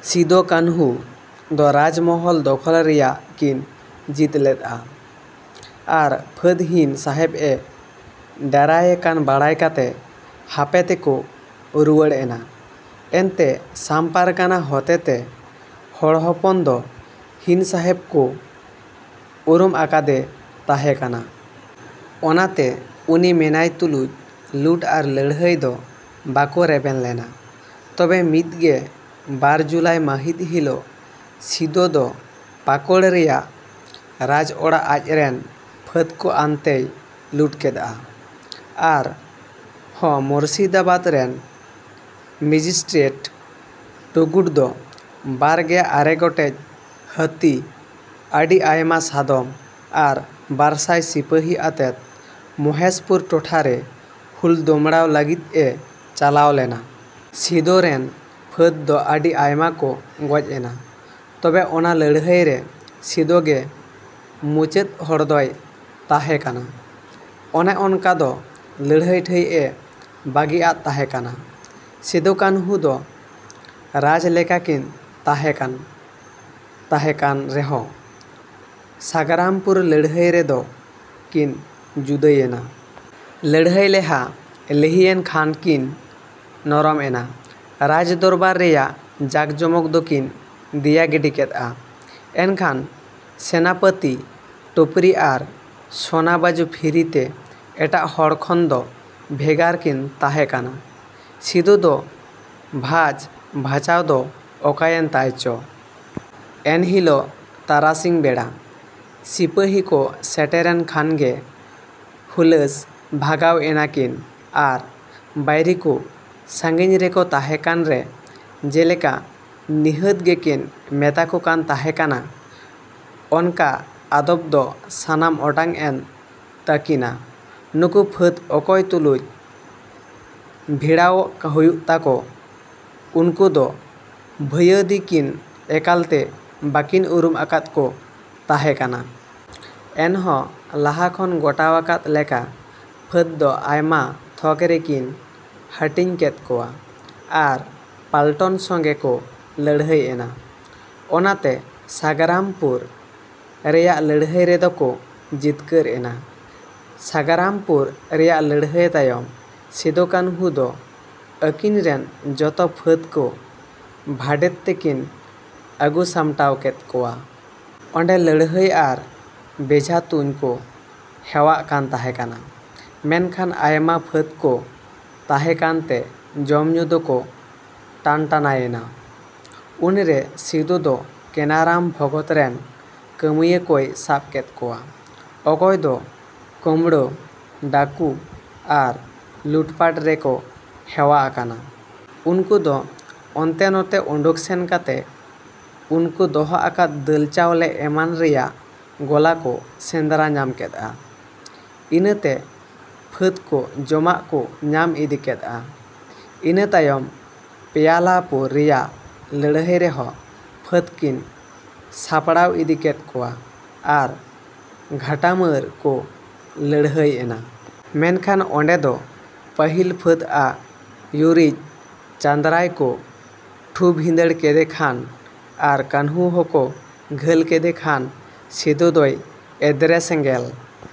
ᱥᱤᱫᱚ ᱠᱟᱹᱱᱦᱩ ᱫᱚ ᱨᱟᱡᱽ ᱢᱚᱦᱚᱞ ᱫᱚᱠᱷᱚᱞ ᱨᱮᱭᱟᱜ ᱠᱤᱱ ᱡᱤᱫᱽ ᱞᱮᱫ-ᱟ ᱟᱨ ᱯᱷᱟᱹᱫᱽ ᱦᱤᱱ ᱥᱟᱦᱮᱵᱽ ᱮ ᱰᱮᱨᱟᱭᱮ ᱠᱟᱱ ᱵᱟᱰᱟᱭ ᱠᱟᱛᱮ ᱦᱟᱯᱮ ᱛᱮᱠᱚ ᱨᱩᱣᱟᱹᱲ ᱮᱱᱟ᱾ ᱮᱱᱛᱮ ᱥᱟᱢ ᱯᱟᱨᱜᱟᱱᱟ ᱦᱚᱛᱮᱛᱮ ᱦᱚᱲ ᱦᱚᱯᱚᱱ ᱫᱚ ᱦᱤᱱ ᱥᱟᱦᱮᱵᱽ ᱠᱚ ᱩᱨᱩᱢ ᱟᱠᱟᱫᱮ ᱛᱟᱦᱮᱸ ᱠᱟᱱᱟ᱾ ᱚᱱᱟᱛᱮ ᱩᱱᱤ ᱢᱮᱱᱟᱭ ᱛᱩᱞᱩᱡ ᱞᱩᱴ ᱟᱨ ᱞᱟᱹᱲᱦᱟᱹᱭ ᱫᱚ ᱵᱟᱠᱚ ᱨᱮᱵᱮᱱ ᱞᱮᱱᱟ᱾ ᱛᱚᱵᱮ ᱢᱤᱫ ᱜᱮ ᱵᱟᱨ ᱡᱩᱞᱟᱭ ᱢᱟᱹᱦᱤᱛ ᱦᱤᱞᱚᱜ ᱥᱤᱫᱚ ᱫᱚ ᱯᱟᱠᱳᱲ ᱨᱮᱭᱟᱜ ᱨᱟᱡᱽ ᱚᱲᱟᱜ ᱟᱡ ᱨᱮᱱ ᱯᱷᱟᱹᱫᱽ ᱠᱚ ᱟᱱᱛᱮᱭ ᱞᱩᱴ ᱠᱮᱫ-ᱟ ᱟᱨ ᱦᱚᱸ ᱢᱩᱨᱥᱤᱫᱟᱵᱟᱫᱽ ᱨᱮᱱ ᱢᱮᱡᱤᱥᱴᱨᱮᱴ ᱴᱩᱜᱩᱰ ᱫᱚ ᱵᱟᱨ ᱜᱮ ᱟᱨᱮ ᱜᱚᱴᱮᱡ ᱦᱟᱹᱛᱤ ᱟᱹᱰᱤ ᱟᱭᱢᱟ ᱥᱟᱫᱚᱢ ᱟᱨ ᱵᱟᱨ ᱥᱟᱭ ᱥᱤᱯᱟᱹᱦᱤ ᱟᱛᱮ ᱢᱚᱦᱮᱥᱯᱩᱨ ᱴᱚᱴᱷᱟᱨᱮ ᱦᱩᱞ ᱫᱚᱢᱲᱟᱣ ᱞᱟᱹᱜᱤᱫ ᱮ ᱪᱟᱞᱟᱣ ᱞᱮᱱᱟ᱾ ᱥᱤᱫᱚ ᱨᱮᱱ ᱯᱷᱟᱹᱫᱽ ᱫᱚ ᱟᱹᱰᱤ ᱟᱭᱢᱟ ᱠᱚ ᱜᱚᱡ ᱮᱱᱟ᱾ ᱛᱚᱵᱮ ᱚᱱᱟ ᱞᱟᱹᱲᱦᱟᱹᱭ ᱨᱮ ᱥᱤᱫᱚ ᱜᱮ ᱢᱩᱪᱟᱹᱫ ᱦᱚᱲ ᱫᱚᱭ ᱛᱟᱦᱮᱸ ᱠᱟᱱᱟ᱾ ᱚᱱᱮ ᱚᱠᱟ ᱫᱚ ᱞᱟᱹᱲᱦᱟᱹᱭ ᱴᱷᱟᱹᱭ ᱮ ᱵᱟᱹᱜᱤ ᱟᱫ ᱛᱟᱦᱮᱸ ᱠᱟᱱᱟ ᱥᱤᱫᱚ ᱠᱟᱹᱱᱦᱩ ᱫᱚ ᱨᱟᱡᱽ ᱞᱮᱠᱟ ᱠᱤᱱ ᱛᱟᱦᱮᱸ ᱠᱟᱱ ᱛᱟᱦᱮᱸ ᱠᱟᱱ ᱨᱮᱦᱚᱸ ᱥᱟᱜᱽᱨᱟᱢᱯᱩᱨ ᱞᱟᱹᱲᱦᱟᱹᱭ ᱨᱮ ᱫᱚ ᱠᱤᱱ ᱡᱩᱫᱟᱹᱭᱮᱱᱟ᱾ ᱞᱟᱹᱲᱦᱟᱹᱭ ᱞᱮᱦᱟ ᱞᱤᱦᱤᱭᱮᱱ ᱠᱷᱟᱱ ᱠᱤᱱ ᱱᱚᱨᱚᱢ ᱮᱱᱟ᱾ ᱨᱟᱡᱽ ᱫᱚᱨᱵᱟᱨ ᱨᱮᱭᱟᱜ ᱡᱟᱠ ᱡᱚᱢᱚᱠ ᱫᱚᱠᱤᱱ ᱫᱮᱭᱟ ᱜᱤᱰᱤ ᱠᱮᱫ-ᱟ᱾ ᱮᱠᱷᱮᱱ ᱥᱮᱱᱟᱯᱟᱹᱛᱤ ᱴᱩᱯᱨᱤ ᱟᱨ ᱥᱚᱱᱟ ᱵᱟᱹᱡᱩ ᱯᱷᱤᱨᱤᱛᱮ ᱮᱴᱟᱜ ᱦᱚᱲ ᱠᱷᱚᱱ ᱫᱚ ᱵᱷᱮᱜᱟᱨ ᱠᱤᱱ ᱛᱟᱦᱮᱸ ᱠᱟᱱᱟ᱾ ᱥᱤᱫᱚ ᱫᱚ ᱵᱷᱟᱪ ᱵᱷᱟᱪᱟᱣ ᱫᱚ ᱚᱠᱟᱭᱮᱱ ᱛᱟᱭ ᱪᱚ᱾ ᱮᱱ ᱦᱤᱞᱚᱜ ᱛᱟᱨᱟᱥᱤᱧ ᱵᱮᱲᱟ ᱥᱤᱯᱟᱹᱦᱤ ᱠᱚ ᱥᱮᱴᱮᱨᱮᱱ ᱠᱷᱟᱱ ᱜᱮ ᱦᱩᱞᱟᱹᱥ ᱵᱷᱟᱸᱜᱟᱣ ᱮᱱᱟ ᱠᱤᱱ ᱟᱨ ᱵᱟᱹᱭᱨᱤ ᱠᱚ ᱥᱟᱺᱜᱤᱧ ᱨᱮᱠᱚ ᱛᱟᱦᱮᱸ ᱠᱟᱱ ᱨᱮ ᱡᱮᱞᱮᱠᱟ ᱱᱤᱦᱟᱹᱛ ᱜᱮᱠᱤᱱ ᱢᱮᱛᱟ ᱠᱚ ᱠᱟᱱ ᱛᱟᱦᱮᱸ ᱠᱟᱱᱟ᱾ ᱚᱱᱠᱟ ᱟᱫᱚᱯ ᱫᱚ ᱥᱟᱱᱟᱢ ᱚᱴᱟᱝ ᱮᱱ ᱛᱟᱹᱠᱤᱱᱟ ᱱᱩᱠᱩ ᱯᱷᱟᱹᱫᱽ ᱚᱠᱚᱭ ᱛᱩᱞᱩᱡ ᱵᱷᱤᱲᱟᱣᱚᱜ ᱦᱩᱭᱩᱜ ᱛᱟᱠᱚ ᱩᱱᱠᱩ ᱫᱚ ᱵᱷᱟᱹᱭᱟᱫᱤ ᱠᱤᱱ ᱮᱠᱟᱞᱛᱮ ᱵᱟᱹᱠᱤᱱ ᱩᱨᱩᱢ ᱟᱠᱟᱫ ᱠᱚ ᱛᱟᱦᱮᱸ ᱠᱟᱱᱟ᱾ ᱮᱱᱦᱚᱸ ᱞᱟᱦᱟ ᱠᱷᱚᱱ ᱜᱚᱴᱟᱣᱟᱠᱟᱫ ᱞᱮᱠᱟ ᱯᱷᱟᱹᱫᱽ ᱫᱚ ᱟᱭᱢᱟ ᱛᱷᱚᱠ ᱨᱮᱠᱤᱱ ᱦᱟᱹᱴᱤᱧ ᱠᱮᱫ ᱠᱚᱣᱟ ᱟᱨ ᱯᱟᱞᱴᱚᱱ ᱥᱚᱸᱜᱮ ᱠᱚ ᱞᱟᱹᱲᱦᱟᱹᱭ ᱮᱱᱟ᱾ ᱚᱱᱠᱟᱛᱮ ᱥᱟᱜᱽᱨᱟᱢᱯᱩᱨ ᱨᱮᱭᱟᱜ ᱞᱟᱹᱲᱦᱟᱹᱭ ᱨᱮ ᱫᱚᱠᱚ ᱡᱤᱛᱠᱟᱹᱨ ᱮᱱᱟ᱾ ᱥᱟᱜᱽᱨᱟᱢᱯᱩᱨ ᱨᱮᱭᱟᱜ ᱞᱟᱹᱲᱦᱟᱹᱭ ᱛᱟᱭᱚᱢ ᱥᱤᱫᱚ ᱠᱟᱹᱱᱦᱩ ᱫᱚ ᱟᱹᱠᱤᱱ ᱨᱮᱱ ᱡᱚᱛᱚ ᱯᱷᱟᱹᱫᱽ ᱠᱚ ᱵᱟᱰᱷᱮᱫ ᱛᱮᱠᱤᱱ ᱟᱹᱜᱩ ᱥᱟᱢᱴᱟᱣ ᱠᱮᱫ ᱠᱚᱣᱟ᱾ ᱚᱸᱰᱮ ᱞᱟᱹᱲᱦᱟᱹᱭ ᱟᱨ ᱵᱮᱡᱷᱟ ᱛᱩᱧ ᱠᱚ ᱦᱮᱣᱟᱜ ᱠᱟᱱ ᱛᱟᱦᱮᱸ ᱠᱟᱱᱟ᱾ ᱢᱮᱱᱠᱷᱟᱱ ᱟᱭᱢᱟ ᱯᱷᱟᱹᱫᱽ ᱠᱚ ᱛᱟᱦᱮᱸ ᱠᱟᱱᱛᱮ ᱡᱚᱢ ᱧᱩ ᱫᱚᱠᱚ ᱴᱟᱱᱴᱟᱭᱮᱱᱟ᱾ ᱩᱱᱨᱮ ᱥᱤᱫᱚ ᱫᱚ ᱠᱮᱱᱟᱨᱟᱢ ᱵᱷᱚᱜᱚᱛ ᱨᱮᱱ ᱠᱟᱹᱢᱤᱭᱟᱹ ᱠᱚᱭ ᱥᱟᱵ ᱠᱮᱫ ᱠᱚᱣᱟ᱾ ᱚᱠᱚᱭ ᱫᱚ ᱠᱩᱸᱢᱵᱽᱲᱩ ᱰᱟᱹᱠᱩ ᱟᱨ ᱞᱩᱴᱯᱟᱴ ᱨᱮᱠᱚ ᱦᱮᱣᱟ ᱟᱠᱟᱱᱟ᱾ ᱩᱱᱠᱩ ᱫᱚ ᱚᱱᱛᱮ ᱱᱚᱛᱮ ᱚᱰᱚᱠ ᱥᱮᱱ ᱠᱟᱛᱮ ᱩᱠᱩ ᱫᱚᱦᱚ ᱟᱠᱟᱫ ᱫᱟᱹᱞ ᱪᱟᱣᱞᱮ ᱮᱢᱟᱱ ᱨᱮᱭᱟᱜ ᱜᱚᱞᱟ ᱠᱚ ᱥᱮᱸᱫᱽᱨᱟ ᱧᱟᱢ ᱠᱮᱫ-ᱟ᱾ᱤᱱᱟᱹᱛᱮ ᱯᱷᱟᱹᱫᱽ ᱠᱚ ᱡᱚᱢᱟᱜ ᱠᱚ ᱧᱟᱢ ᱤᱫᱤ ᱠᱮᱫ-ᱟ᱾ ᱤᱱᱟᱹ ᱛᱟᱭᱚᱢ ᱯᱮᱭᱟᱞᱟᱯᱩᱨ ᱨᱮᱭᱟᱜ ᱞᱟᱹᱲᱦᱟᱹᱭ ᱨᱮᱦᱚᱸ ᱯᱷᱟᱹᱫᱽ ᱠᱤᱱ ᱥᱟᱯᱲᱟᱣ ᱤᱫᱤ ᱠᱮᱫ ᱠᱚᱣᱟ ᱟᱨ ᱜᱷᱟᱴᱟᱢᱟᱹᱨ ᱠᱚ ᱞᱟᱹᱲᱦᱟᱹᱭ ᱮᱱᱟ᱾ ᱢᱮᱱᱠᱷᱟᱱ ᱚᱸᱰᱮ ᱫᱚ ᱯᱟᱹᱦᱤᱞ ᱯᱷᱟᱹᱫᱽ ᱟᱜ ᱭᱩᱨᱤᱡ ᱪᱟᱸᱫᱽᱨᱟᱭ ᱠᱚ ᱴᱷᱩ ᱵᱷᱤᱸᱫᱟᱹᱲ ᱠᱮᱫᱮ ᱠᱷᱟᱱ ᱟᱨ ᱠᱟᱹᱱᱦᱩ ᱦᱚᱸᱠᱚ ᱜᱷᱟᱹᱞ ᱠᱮᱫᱮ ᱠᱷᱟᱱ ᱥᱤᱫᱚ ᱫᱚᱭ ᱮᱫᱽᱨᱮ ᱥᱮᱸᱜᱮᱞ᱾